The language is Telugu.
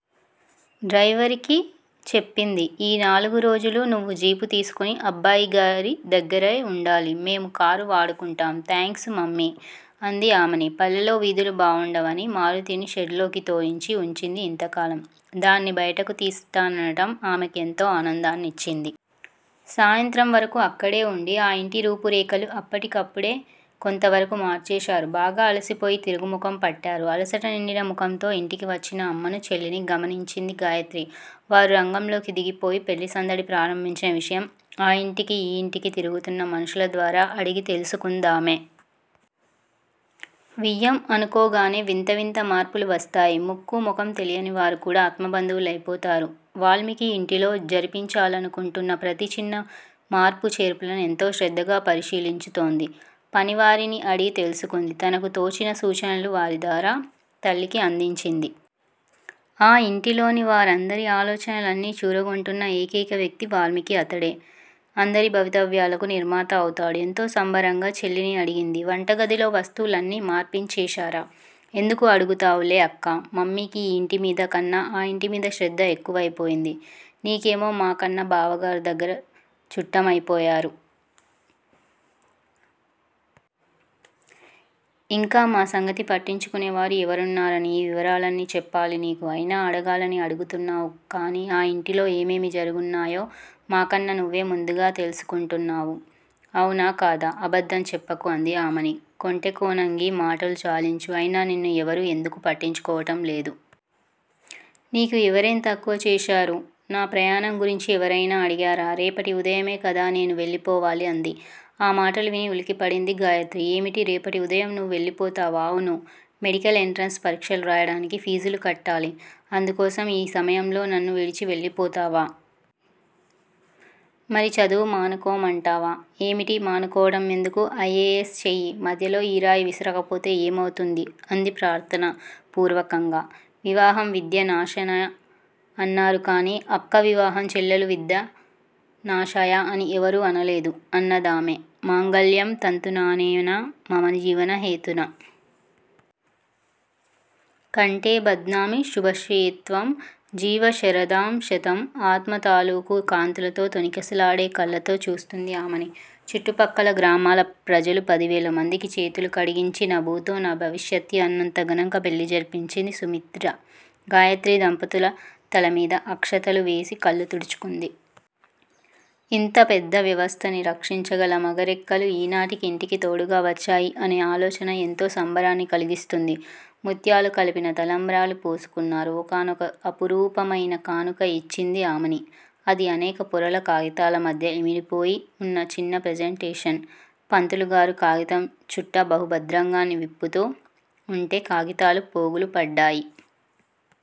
డ్రయివర్ కి చెప్పింది. ఈ నాలుగు రోజులూ నువ్వు జీపు తీసుకుని అబ్బాయిగారి దగ్గరే ఉండాలి. మేము కారు వాడుకుంటాం థాంక్సు మమ్మీ! అంది ఆమని. పల్లెలో వీధులు బావుండవని మారుతిని షెడ్ లోకి తోయించి ఉంచింది ఇంతకాలం. దాన్ని బయటకు తీస్తాననటం ఆమెకు ఎంతో ఆనందాన్నిచ్చింది. సాయంత్రం వరకు అక్కడే ఉండి ఆ ఇంటి రూపు రేఖలు అప్పటికప్పుడే కొంతవరకూ మార్చేశారు. బాగా అలసిపోయి తిరుగుముఖం పట్టారు. అలసట నిండిన ముఖంతో యింటికి వచ్చిన అమ్మను చెల్లిని గమనించింది గాయత్రి. వారు రంగంలోకి దిగిపోయి పెళ్ళి సందడి ప్రారంభించిన విషయం ఆ ఇంటికి ఈ ఇంటికి తిరుగుతున్న మనుషులద్వారా అడిగి తెలుసుకుందామె. వియ్యం అనుకోగానే వింత వింత మార్పులు వస్తాయి. ముక్కు ముఖం తెలియని వారు కూడ ఆత్మబంధువులు అయిపోతారు. వాల్మీకి ఇంటిలో జరిపించాలనుకుంటున్న ప్రతి చిన్న మార్పు చేర్పులను ఎంతో శ్రద్ధగా పరిశీలించుతోంది. పని వారిని అడిగి తెలుసుకుంది. తనకు తోచిన సూచనలు వారిద్వారా తల్లికి అందించింది! ఆ యింటిలోని వారందరి ఆలోచనలన్ని చూరగొంటున్న ఏకైక వ్యక్తి వాల్మీకి! అతడే అందరి భవితవ్యాలకు నిర్మాత అవుతాడు. ఎంతో సంబరంగా చెల్లిని అడిగింది. వంటగదిలో వస్తువులు అన్నీ మార్పించేశారా? ఎందుకు అడుగుతావులే అక్కా! మమ్మీకి ఈ యింటిమీద కన్నా ఆ ఇంటిమీద శ్రద్ధ ఎక్కువయిపోయింది. నీకేమో మా కన్నా బావగారు దగ్గర చుట్టమయిపోయారు. ఇంక మా సంగతి పట్టించుకునేవారు ఎవరున్నారని ఈ వివరాలన్నీ చెప్పాలి నీకు? అయినా అడగాలని అడుగుతున్నావు కాని ఆ యింటిలో ఏమేమి జరుగున్నాయో మా కన్నా నువ్వే ముందుగా తెలుసుకుంటున్నావు. అవునా? కాదా? అబద్ధం చెప్పకు అంది ఆమని! కొంటె కోణంగి మాటలు చాలించు! అయినా నిన్ను ఎవరూ ఎందుకు పట్టించుకోవటం లేదు? నీకు ఎవరేం తక్కువ చేశారు? నా ప్రయాణం గురించి ఎవరయినా అడిగారా? రేపటి ఉదయమే కదా నేను వెళ్ళిపోవాలి! అంది. ఆ మాటలు విని ఉలికిపడింది గాయత్రి. ఏమిటి రేపటి ఉదయం నువ్వు వెళ్ళిపోతావా? అవును! మెడికల్ ఎంట్రన్స్ పరీక్షలు వ్రాయడానికి ఫీజులు కట్టాలి అందుకోసం ఈ సమయంలో నన్ను విడిచి వెళ్ళిపోతావా? మరి చదువు మానుకోమంటావా ఏమిటి? మానుకోవటం ఎందుకు? ఐ. ఏ. ఎస్. చెయ్యి! మధ్యలో ఈ రాయి విసరకపొతే ఏమవుతుంది? అంది ప్రార్ధనా పూర్వకంగా! వివాహం విద్య నాశన అన్నారు కాని అక్క వివాహం చెల్లెలు విద్య నాశాయ అని ఎవరూ అనలేదు అన్నదామె. మాంగల్యం తంతునానేన-మమజీవన హేతునా! కంఠే బధ్నామి శుభాశేత్వం జీవ శరదాం శతం ఆత్మ తాలూకు కాంతులతో తొణికిసలాడే కళ్ళతో చూస్తోంది ఆమని. చుట్టుప్రక్కల గ్రామాల ప్రజలు పదివేలమందికి చేతులు కడిగించి న భూతో నభవిష్యతి అన్నంత ఘనంగా పెళ్ళి జరిపించింది సుమిత్ర. గాయత్రి దంపతుల తలమీద అక్షతలు వేసి కళ్ళు తుడుచుకుంది. ఇంత పెద్ద వ్యవస్థని రక్షించగల మగరెక్కలు ఈనాటికి యింటికి తోడుగా వచ్చాయి అనే ఆలోచన ఎంతో సంబరాన్ని కలిగిస్తుంది. ముత్యాలు కలిపిన తలంబ్రాలు పోసుకున్నారు. ఒకానొక అపురూపమయిన కానుక యిచ్చింది ఆమని. అది అనేక పొరల కాగితాలమధ్య ఇమిడిపోయి ఉన్న చిన్న ప్రజంటేషన్. పంతులుగారు కాగితం చుట్ట బహుభద్రంగా నిప్పుతూ ఉంటే కాగితాలు పోగులుపడ్డాయి.